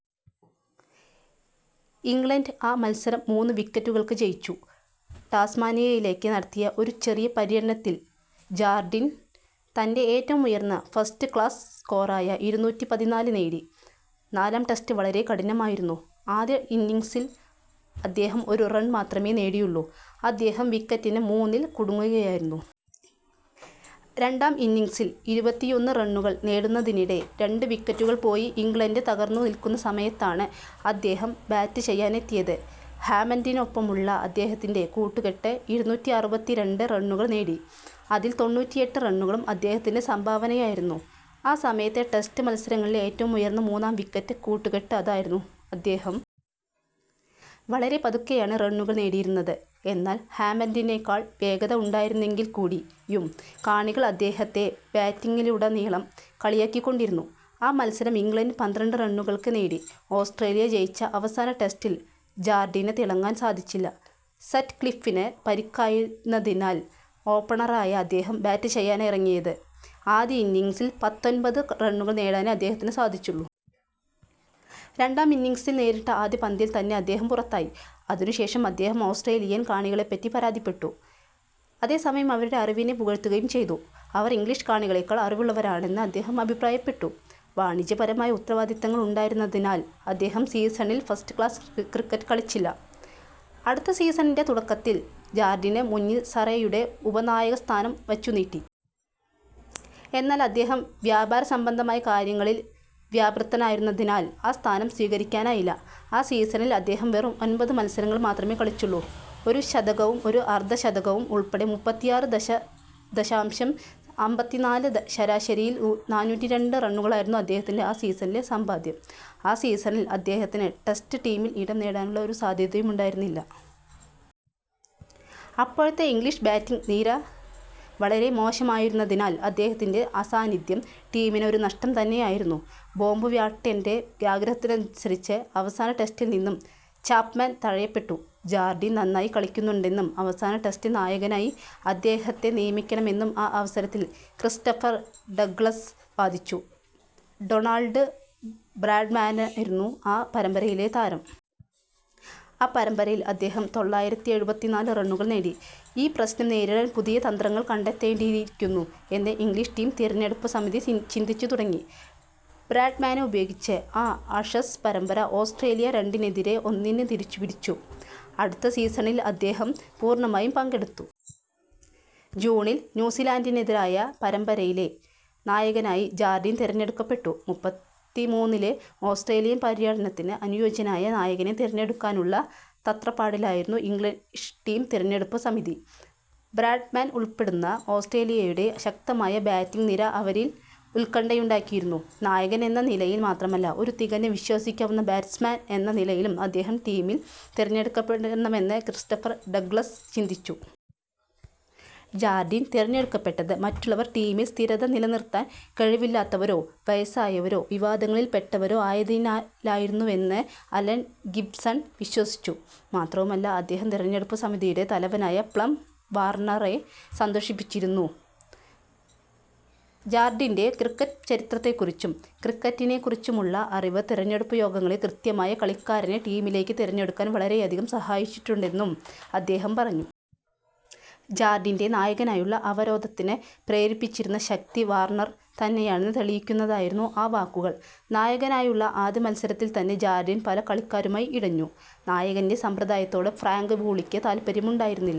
England ആ മത്സരം മൂന്ന് വിക്കറ്റുകൾക്ക് ജയിച്ചു. ടാസ്മാനിയയിലേക്ക് നടത്തിയ ഒരു ചെറിയ പര്യടനത്തിൽ ജാർഡിൻ തൻ്റെ ഏറ്റവും ഉയർന്ന ഫസ്റ്റ് ക്ലാസ് സ്കോറായ ഇരുന്നൂറ്റി പതിനാല് നേടി.നാലാം ടെസ്റ്റ് വളരെ കഠിനമായിരുന്നു. ആദ്യ ഇന്നിംഗ്സിൽ അദ്ദേഹം ഒരു റൺ മാത്രമേ നേടിയുള്ളൂ. അദ്ദേഹം വിക്കറ്റിന് മുന്നിൽ കുടുങ്ങുകയായിരുന്നു. രണ്ടാം ഇന്നിംഗ്സിൽ ഇരുപത്തിയൊന്ന് റണ്ണുകൾ നേടുന്നതിനിടെ രണ്ട് വിക്കറ്റുകൾ പോയി ഇംഗ്ലണ്ട് തകർന്നു നിൽക്കുന്ന സമയത്താണ് അദ്ദേഹം ബാറ്റ് ചെയ്യാനെത്തിയത്. ഹാമണ്ടിനൊപ്പമുള്ള അദ്ദേഹത്തിൻ്റെ കൂട്ടുകെട്ട് ഇരുന്നൂറ്റി അറുപത്തിരണ്ട് റണ്ണുകൾ നേടി. അതിൽ തൊണ്ണൂറ്റിയെട്ട് റണ്ണുകളും അദ്ദേഹത്തിൻ്റെ സംഭാവനയായിരുന്നു. ആ സമയത്തെ ടെസ്റ്റ് മത്സരങ്ങളിലെ ഏറ്റവും ഉയർന്ന മൂന്നാം വിക്കറ്റ് കൂട്ടുകെട്ട് അതായിരുന്നു. അദ്ദേഹം വളരെ പതുക്കെയാണ് റണ്ണുകൾ നേടിയിരുന്നത്. എന്നാൽ ഹാമണ്ടിനേക്കാൾ വേഗത ഉണ്ടായിരുന്നെങ്കിൽക്കൂടിയും കാണികൾ അദ്ദേഹത്തെ ബാറ്റിംഗിലുടനീളം കളിയാക്കിക്കൊണ്ടിരുന്നു. ആ മത്സരം ഇംഗ്ലണ്ട് പന്ത്രണ്ട് റണ്ണുകൾക്ക് നേടി. ഓസ്ട്രേലിയ ജയിച്ച അവസാന ടെസ്റ്റിൽ ജാർഡിന് തിളങ്ങാൻ സാധിച്ചില്ല. സറ്റ്ക്ലിഫിന് പരിക്കായിരുന്നതിനാൽ ഓപ്പണറായാണ് അദ്ദേഹം ബാറ്റ് ചെയ്യാനിറങ്ങിയത്. ആദ്യ ഇന്നിംഗ്സിൽ പത്തൊൻപത് റണ്ണുകൾ നേടാനേ അദ്ദേഹത്തിന് സാധിച്ചുള്ളൂ. രണ്ടാം ഇന്നിംഗ്സിൽ നേരിട്ട ആദ്യ പന്തിൽ തന്നെ അദ്ദേഹം പുറത്തായി. അതിനുശേഷം അദ്ദേഹം ഓസ്ട്രേലിയൻ കാണികളെപ്പറ്റി പരാതിപ്പെട്ടു. അതേസമയം അവരുടെ അറിവിനെ പുകഴ്ത്തുകയും ചെയ്തു. അവർ ഇംഗ്ലീഷ് കാണികളേക്കാൾ അറിവുള്ളവരാണെന്ന് അദ്ദേഹം അഭിപ്രായപ്പെട്ടു. വാണിജ്യപരമായ ഉത്തരവാദിത്തങ്ങൾ ഉണ്ടായിരുന്നതിനാൽ അദ്ദേഹം സീസണിൽ ഫസ്റ്റ് ക്ലാസ് ക്രിക്കറ്റ് കളിച്ചില്ല. അടുത്ത സീസണിൻ്റെ തുടക്കത്തിൽ ജാർഡിന് മുന്നിൽ സറേയുടെ ഉപനായകസ്ഥാനം വച്ചുനീട്ടി. എന്നാൽ അദ്ദേഹം വ്യാപാരസംബന്ധമായ കാര്യങ്ങളിൽ വ്യാപൃതനായിരുന്നതിനാൽ ആ സ്ഥാനം സ്വീകരിക്കാനായില്ല. ആ സീസണിൽ അദ്ദേഹം വെറും ഒൻപത് മത്സരങ്ങൾ മാത്രമേ കളിച്ചുള്ളൂ. ഒരു ശതകവും ഒരു അർധശതകവും ഉൾപ്പെടെ മുപ്പത്തിയാറ് ദശാംശം അമ്പത്തിനാല് ശരാശരിയിൽ നാനൂറ്റിരണ്ട് റണ്ണുകളായിരുന്നു അദ്ദേഹത്തിൻ്റെ ആ സീസണിലെ സമ്പാദ്യം.ആ സീസണിൽ അദ്ദേഹത്തിന് ടെസ്റ്റ് ടീമിൽ ഇടം നേടാനുള്ള ഒരു സാധ്യതയുമുണ്ടായിരുന്നില്ല. അപ്പോഴത്തെ ഇംഗ്ലീഷ് ബാറ്റിംഗ് നിര വളരെ മോശമായിരുന്നതിനാൽ അദ്ദേഹത്തിൻ്റെ അസാന്നിധ്യം ടീമിന് ഒരു നഷ്ടം തന്നെയായിരുന്നു. ബോബ് വ്യാട്ടിൻ്റെ ആഗ്രഹത്തിനനുസരിച്ച് അവസാന ടെസ്റ്റിൽനിന്നും ചാപ്മാൻ തഴയപ്പെട്ടു. ജാർഡിൻ നന്നായി കളിക്കുന്നുണ്ടെന്നും അവസാന ടെസ്റ്റിൽ നായകനായി അദ്ദേഹത്തെ നിയമിക്കണമെന്നും ആ അവസരത്തിൽ ക്രിസ്റ്റഫർ ഡഗ്ലസ് വാദിച്ചു. ഡൊണാൾഡ് ബ്രാഡ്മാനായിരുന്നു ആ പരമ്പരയിലെ താരം. ആ പരമ്പരയിൽ അദ്ദേഹം തൊള്ളായിരത്തി എഴുപത്തിനാല് റണ്ണുകൾ നേടി. ഈ പ്രശ്നം നേരിടാൻ പുതിയ തന്ത്രങ്ങൾ കണ്ടെത്തേണ്ടിയിരിക്കുന്നു എന്ന് ഇംഗ്ലീഷ് ടീം തിരഞ്ഞെടുപ്പ് സമിതി ചിന്തിച്ചു തുടങ്ങി. ബ്രാഡ്മാനെ ഉപയോഗിച്ച് ആ ആഷസ് പരമ്പര ഓസ്ട്രേലിയ രണ്ടിനെതിരെ ഒന്നിന് തിരിച്ചുപിടിച്ചു. അടുത്ത സീസണിൽ അദ്ദേഹം പൂർണ്ണമായും പങ്കെടുത്തു. ജൂണിൽ ന്യൂസിലൻഡിനെതിരായ പരമ്പരയിലെ നായകനായി ജാർഡിൻ തിരഞ്ഞെടുക്കപ്പെട്ടു. മുപ്പത്തിമൂന്നിലെ ഓസ്ട്രേലിയൻ പര്യടനത്തിന് അനുയോജ്യനായ നായകനെ തിരഞ്ഞെടുക്കാനുള്ള തത്രപ്പാടിലായിരുന്നു ഇംഗ്ലീഷ് ടീം തിരഞ്ഞെടുപ്പ് സമിതി. ബ്രാഡ്മാൻ ഉൾപ്പെടുന്ന ഓസ്ട്രേലിയയുടെ ശക്തമായ ബാറ്റിംഗ് നിര അവരിൽ ഉത്കണ്ഠയുണ്ടാക്കിയിരുന്നു. നായകൻ എന്ന നിലയിൽ മാത്രമല്ല, ഒരു തികഞ്ഞ, വിശ്വസിക്കാവുന്ന ബാറ്റ്സ്മാൻ എന്ന നിലയിലും അദ്ദേഹം ടീമിൽ തിരഞ്ഞെടുക്കപ്പെടണമെന്ന് ക്രിസ്റ്റഫർ ഡഗ്ലസ് ചിന്തിച്ചു. ജാർഡിൻ തിരഞ്ഞെടുക്കപ്പെട്ടത് മറ്റുള്ളവർ ടീമിൽ സ്ഥിരത നിലനിർത്താൻ കഴിവില്ലാത്തവരോ, വയസ്സായവരോ, വിവാദങ്ങളിൽ പെട്ടവരോ ആയതിനാലായിരുന്നുവെന്ന് അലൻ ഗിബ്സൺ വിശ്വസിച്ചു. മാത്രവുമല്ല, അദ്ദേഹം തിരഞ്ഞെടുപ്പ് സമിതിയുടെ തലവനായ പ്ലം വാർണറെ സന്തോഷിപ്പിച്ചിരുന്നു. ജാർഡിൻ്റെ ക്രിക്കറ്റ് ചരിത്രത്തെക്കുറിച്ചും ക്രിക്കറ്റിനെക്കുറിച്ചുമുള്ള അറിവ് തിരഞ്ഞെടുപ്പ് യോഗങ്ങളിൽ കൃത്യമായ കളിക്കാരനെ ടീമിലേക്ക് തിരഞ്ഞെടുക്കാൻ വളരെയധികം സഹായിച്ചിട്ടുണ്ടെന്നും അദ്ദേഹം പറഞ്ഞു. ജാർഡിൻ്റെ നായകനായുള്ള അവരോധനത്തിന് പ്രേരിപ്പിച്ചിരുന്ന ശക്തി വാർണർ തന്നെയാണെന്ന് തെളിയിക്കുന്നതായിരുന്നു ആ വാക്കുകൾ. നായകനായുള്ള ആദ്യ മത്സരത്തിൽ തന്നെ ജാർഡിൻ പല കളിക്കാരുമായി ഇടഞ്ഞു. നായകൻ്റെ സമ്പ്രദായത്തോട് ഫ്രാങ്ക് വൂളിക്ക് താൽപര്യമുണ്ടായിരു...